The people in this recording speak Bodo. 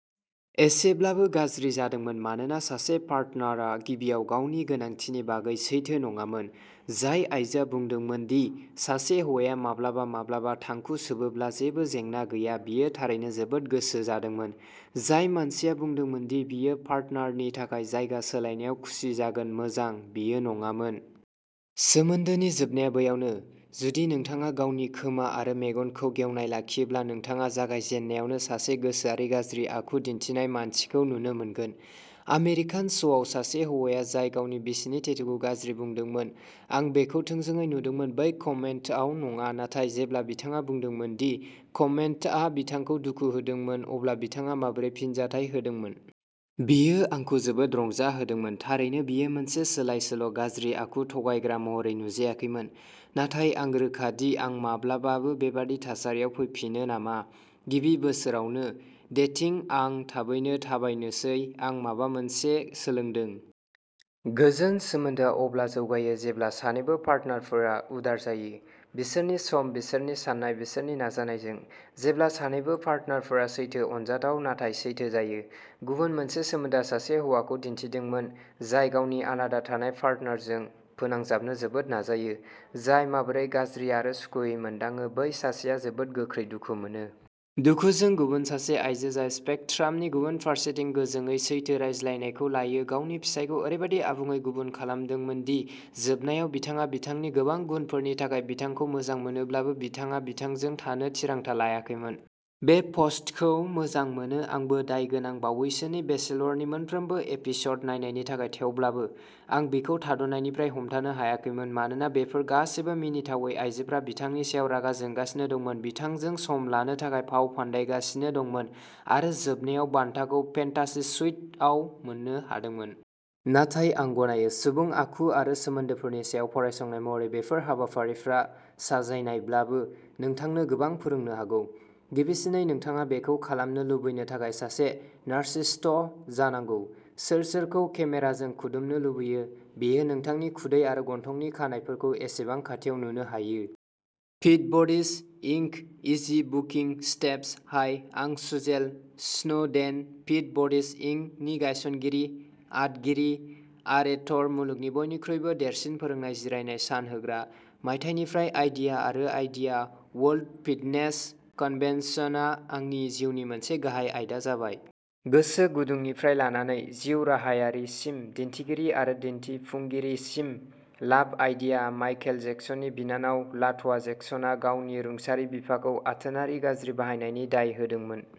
एसेब्लाबो गाज्रि जादोंमोन मानोना सासे पार्टनारआ गिबियाव गावनि गोनांथिनि बागै सैथो नङामोन। जाय आइजोआ बुंदोंमोन दि "सासे हौवाया माब्लाबा-माब्लाबा थांखु सोबोब्ला जेबो जेंना गैया", बियो थारैनो जोबोद गोसो जादोंमोन। जाय मानसिया बुंदोंमोन दि बियो पार्टनारनि थाखाय जायगा सोलायनायाव खुसि जागोन-मोजां, बियो नङामोन। सोमोन्दोनि जोबनाया बैयावनो। जुदि नोंथाङा गावनि खोमा आरो मेगनखौ गेवनाय लाखियोब्ला नोंथाङा जागायजेननायावनो सासे गोसोआरि गाज्रि आखु दिन्थिनाय मानसिखौ नुनो मोनगोन। आमेरिकान श'आव, सासे हौवाया जाय गावनि बिसिनि टेटूखौ'गाज्रि'बुंदोंमोन; आं बेखौ थोंजोङै नुदोंमोन-बै कमेन्टआव नङा, नाथाय जेब्ला बिथाङा बुंदोंमोन दि कमेन्टआ बिथांखौ दुखु होदोंमोन, अब्ला बिथाङा माबोरै फिनजाथाय होदोंमोन। बेयो आंखौ जोबोद रंजाहोदोंमोन। थारैनो बियो मोनसे सोलायसोल', गाज्रि आखु, थगायग्रा महरै नुजायाखैमोन, नाथाय आं रोखा दि आं माब्लाबाबो बेबादि थासारियाव फैफिनो नामा, गिबि बोसोरावनो। डेटिं, आं थाबैनो थाबायनोसै। आं माबा मोनसे सोलोंदों! गोजोन सोमोन्दोआ अब्ला जौगायो जेब्ला सानैबो पार्टनारफोरा उदार जायो। बिसोरनि सम, बिसोरनि साननाय, बिसोरनि नाजानायजों। जेब्ला सानैबो पार्टनारफोरा सैथो, अनजाथाव नाथाय सैथो जायो। गुबुन मोनसे सोमोन्दोआ सासे हौवाखौ दिन्थिदोंमोन, जाय गावनि आलादा थानाय पार्टनारजों फोनांजाबनो जोबोद नाजायो, जाय माबोरै'गाज्रि'आरो'सुखुयै'मोनदाङो बै सासेआ जोबोद गोख्रै दुखु मोनो। दुखुजों गुबुन सासे आयजो जाय स्पेकट्रामनि गुबुन फारसेथिं गोजोंयै सैथो रायज्लायनायखौ लायो, गावनि फिसायखौ ओरैबायदि आबुङै गुबुन खालामदोंमोन दि, जोबनायाव बिथाङा बिथांनि गोबां गुनफोरनि थाखाय बिथांखौ मोजां मोनोब्लाबो, बिथाङा बिथांजों थानो थिरांथा लायाखैमोन। बे पस्टखौ मोजां मोनो। आंबो दायगोनां... बावैसोनि बेचेलरनि मोनफ्रोमबो एपिस'ड नायनायनि थाखाय, थेवब्लाबो। आं बिखौ थाद'नायनिफ्राय हमथानो हायाखैमोन, मानोना बेफोर गासैबो मिनिथावै आइजोफोरा बिथांनि सायाव रागा जोंगासिनो दंमोन, बिथांजों सम लानो थाखाय फावफान्दायगासिनो दंमोन, आरो जोबनायाव बान्थाखौ "फेन्टासि सुइट" आव मोन्नो हादोंमोन। नाथाय आं गनायो। सुबुं आखु आरो सोमोन्दोफोरनि सायाव फरायसंनाय महरै बेफोर हाबाफारिफोरा, साजायनायब्लाबो, नोंथांनो गोबां फोरोंनो हागौ। गिबिसिनै, नोंथाङा बेखौ खालामनो लुबैनो थाखाय सासे नार्सिसिस्ट जानांगौ। सोर सोरखौ केमेराजों खुदुमनो लुबैयो, बेयो नोंथांनि खुदै आरो गन्थंनि खानाइफोरखौ एसेबां खाथियाव नुनो हायो? Fit buddies, inc easy booking steps! Hi! आं Suzelle Snowden, fit buddies, inc. नि गायसनगिरि आदगिरि आरेटर-मुलुगनि बयनिख्रुइबो देरसिन फोरोंनाय जिरायनाय सान होग्रा। मायथाइनिफ्राय आइडिया आरो आइडिया वर्ल्ड फिटनेस कन्भेन्सनआ आंनि जिउनि मोनसे गाहाय आयदा जाबाय। गोसोगुदुंनिफ्राय लानानै जिउराहायारिसिम, दिन्थिगिरि आरो दिन्थिफुंगिरिसिम। लाभ आइडिया! माइकेल जेक्सननि बिनानाव लाटया जेक्सनआ गावनि रुंसारि बिफाखौ आथोनारि गाज्रि बाहायनायनि दाय होदोंमोन।